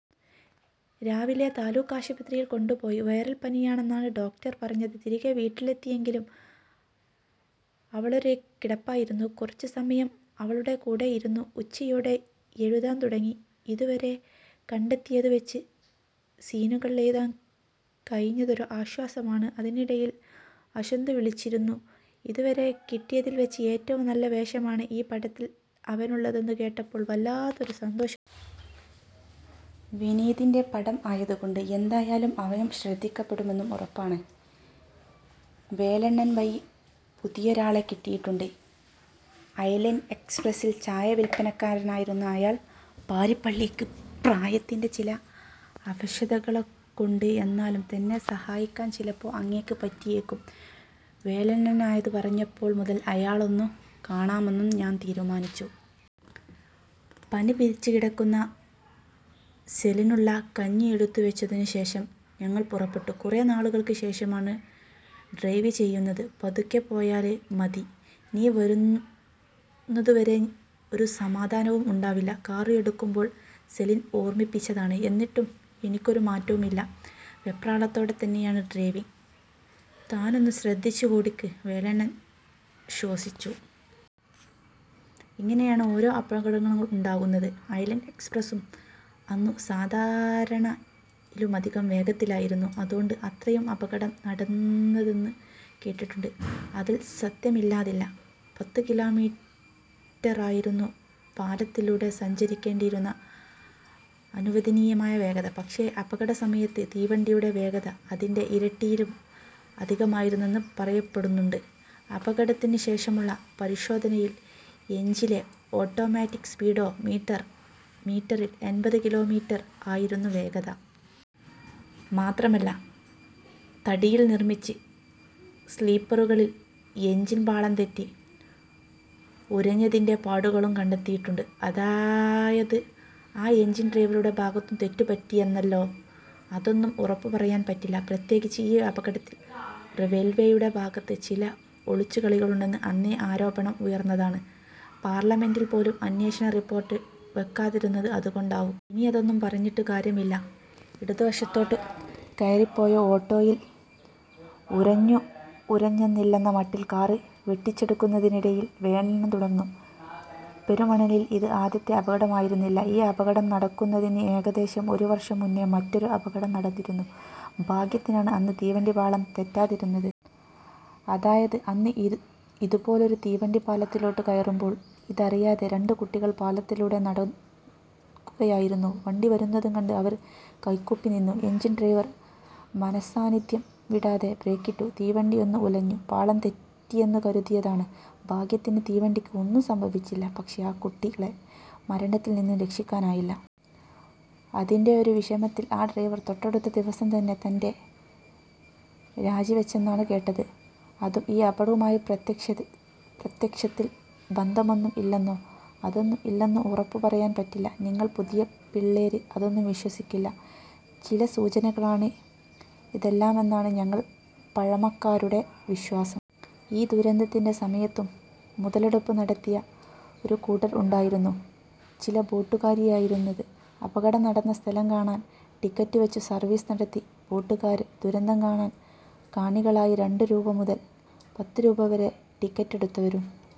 രാവിലെ താലൂക്കാശുപത്രീല് കൊണ്ടുപോയി. Viral പനിയാണെന്നാണ് doctor പറഞ്ഞത്. തിരികെ വീട്ടിലെത്തിയെങ്കിലും അവളൊരേ കിടപ്പായിരുന്നു. കുറച്ചു സമയം അവളുടെകൂടെ ഇരുന്നു. ഉച്ചയോടെ എഴുതാൻ തുടങ്ങി. ഇതുവരെ കണ്ടെത്തിയതുവെച്ച് സീനുകൾ എഴുതാൻ കഴിഞ്ഞതൊരു ആശ്വാസമാണ്. അതിനിടയിൽ അശ്വന്ത് വിളച്ചിരുന്നു. ഇതുവരെ കിട്ടിയതിൽവെച്ച് ഏറ്റവും നല്ല വേഷമാണ് ഈ പടത്തിൽ അവനുള്ളതെന്നു കേട്ടപ്പോൾ വല്ലാത്ത സന്തോഷം തോന്നി. വിനീതിന്റെ പടം ആയതുകൊണ്ട് എന്തായാലും അവനും ശ്രദ്ധിക്കപ്പെടുമെന്നു ഉറപ്പാണ്. വേലണ്ണൻ വഴി പുതിയൊരാളെ കിട്ടിയിട്ടുണ്ട്. ഐലന്റ് എക്സ്പ്രസിൽ ചായ വിൽപ്പനക്കാരനായിരുന്നു അയാൾ. "പാരിപ്പിള്ളയ്ക്ക് പ്രായത്തിന്റെ ചില അവശതകളൊണ്ട്. എന്നാലും തന്നെ സഹായിക്കാൻ ചിലപ്പോ അങ്ങേർക്ക് പറ്റിയേക്കും. " വേലണ്ണനതു പറഞ്ഞപ്പോൾ മുതൽ അയാളെയൊന്നു കാണാമെന്നു ഞാൻ തീരുമാനിച്ചു. പനിച്ചുകിടക്കുന്ന സെലിനുള്ള കഞ്ഞി എടുത്തുവെച്ചതിനു ശേഷം ഞങ്ങൾ പുറപ്പെട്ടു. കുറേ നാളുകൾക്ക് ശേഷമാണ് ഡ്രൈവ് ചെയ്യുന്നത്. 'പതുക്കെ പോയാല് മതി. നീ വരുന്നതുവരെ ഒരു സമാധാനവും ഉണ്ടാവില്ല' കാറ് എടുക്കുമ്പോൾ സെലിൻ ഓർമ്മിപ്പിച്ചതാണ്. എന്നിട്ടും എനിക്കൊരു മാറ്റവും ഇല്ല. വെപ്രാളത്തോടെ തന്നെയാണ് ഡ്രൈവിംഗ്. "താനൊന്നു ശ്രദ്ധിച്ച് ഓടിക്ക്", വേലണ്ണൻ ശ്വാസിച്ചു. "ഇങ്ങനാണ് ഓരോ അപകടങ്ങളും ഉണ്ടാവുന്നത്. ഐലന്റ് എക്സ്പ്രസും അന്നു സാധാരണയിലുമധികം വേഗതത്തിലായിരുന്നു. അതോണ്ടാണ് അത്രയും അപകടം നടന്നതെന്ന് കേട്ടിട്ടുണ്ട്. " "അതിൽ സത്യമില്ലാതില്ല. പത്തുകിലോമീറ്ററായിരുന്നു പാലത്തിലുടെ സഞ്ചരിക്കേണ്ടിയിരുന്ന അനുവദിനീയമായ വേഗത. പക്ഷേ, അപകട സമയത്ത് തീവണ്ടിയുടെ വേഗത അതിന്റെ ഇരട്ടിയിലും അധികമായിരുന്നെന്ന് പറയപ്പെടുന്നുണ്ട്. അപകടത്തിനു ശേഷമുള്ള പരിശോധനയിൽ എഞ്ചിനിലെ ഓട്ടോമാറ്റിക് സ്പീഡോ മീറ്ററിൽ എൺപതുകിലോമീറ്റർ ആയിരുന്നു വേഗത! മാത്രമല്ല, തടിയിൽ നിർമിച്ച് സ്ലീപ്പറുകളിൽ എഞ്ചിൻ പാളംതെറ്റി ഉരഞ്ഞതിന്റെ പാടുകളും കണ്ടെത്തിയിട്ടുണ്ട്" "അതായത് ആ എഞ്ചിൻ ഡ്രൈവറുടെ ഭാഗത്തും തെറ്റുപറ്റിയെന്നല്ലേ? " "അതൊന്നും ഉറപ്പു പറയാൻ പറ്റത്തില്ല. പ്രത്യേകിച്ച് ഈ അപകടത്തിൽ റെയിൽവേയുടെ ഭാഗത്ത് ചില ഒളിച്ചുകളിയുണ്ടെന്ന് അന്നേ ആരോപണം ഉയർന്നതാണ്. പാർലമെൻ്റിൽ പോലും അന്വേഷണ റിപ്പോർട്ട് വെക്കാതിരുന്നത് അതുകൊണ്ടാവും. ഇനിയതൊന്നു പറഞ്ഞിട്ടു കാര്യവുമില്ല. " ഇടതു വശത്തോട്ടു കയറിപ്പോയ ഓട്ടോയിൽ ഉരഞ്ഞു ഉരഞ്ഞെന്നില്ലെന്ന മട്ടിൽ കാറ് വെട്ടിച്ചെടുക്കുന്നതിനിടയിൽ വേലണ്ണൻ തുടർന്നു. "പെരുമണിൽ ഇത് ആദ്യത്തെ അപകടമായിരുന്നില്ല. ഈ അപകടം നടക്കുന്നതിന് ഏകദേശം ഒരു വർഷം മൂന്നെ മറ്റൊരു അപകടം നടന്നായിരുന്നു. ഭാഗ്യത്തിനാണ് അന്ന് തീവണ്ടി പാളം തെറ്റാതിരുന്നത്. അതായത്; അന്ന് ഇതുപോലൊരു തീവണ്ടി പാലത്തിലോട്ടു കയറുമ്പോൾ ഇതറിയാതെ രണ്ടു കുട്ടികൾ പാളത്തിലുടെ നടക്കുകയായിരുന്നു. വണ്ടി വരുന്നതു കണ്ട് അവര് കൈകൂപ്പി നിന്നു. എഞ്ചിൻ ഡ്രൈവർ മനസ്സാന്നിദ്ധ്യം വിടാതെ ബ്രേക്കിട്ടു. തീവണ്ടിയൊന്നു ഉലഞ്ഞു. പാളം തെറ്റിയെന്നു കരുതിയതാണ്. ഭാഗ്യത്തിന് തീവണ്ടിയ്ക്ക് ഒന്നും സംഭവിച്ചില്ല. പക്ഷേ, ആ കുട്ടികളെ മരണത്തിൽ നിന്നും രക്ഷിക്കാനായില്ല. അതിന്റെയൊരു വിഷമത്തിൽ ആ ഡ്രൈവർ തൊട്ടടുത്ത ദിവസം തന്നെ തന്റെ രാജിവെച്ചെന്നാണ് കേട്ടത്. " "അതും ഈ അപകടവുമായി പ്രത്യക്ഷത്തിൽ ബന്ധമൊന്നും ഇല്ലന്നേ. " "അതൊന്നും ഇല്ലെന്നു ഉറപ്പു പറയാൻ പറ്റില്ല. നിങ്ങള് പുതിയ പിള്ളാര് അതൊന്നു വിശ്വസിക്കില്ല. ചില സൂചനകളാണ് ഇതെല്ലാമെന്നാണ് ഞങ്ങൾ പഴമക്കാരുടെ വിശ്വാസം. ഈ ദുരന്തത്തിൻ്റെ സമയത്തും മുതലെടുപ്പ് നടത്തിയ ഒരുകൂട്ടര് ഉണ്ടായിരുന്നു. ചില ബോട്ടുകാരായിരുന്നത്. അപകടം നടന്ന സ്ഥലം കാണാൻ ടിക്കറ്റുവെച്ചു സർവീസ് നടത്തിയ ബോട്ടുകാര്! ദുരന്തം കാണാൻ കാണികളായി രണ്ടു രൂപ മുതൽ പത്തുരൂപവരെ ടിക്കറ്റെടുത്തവരും.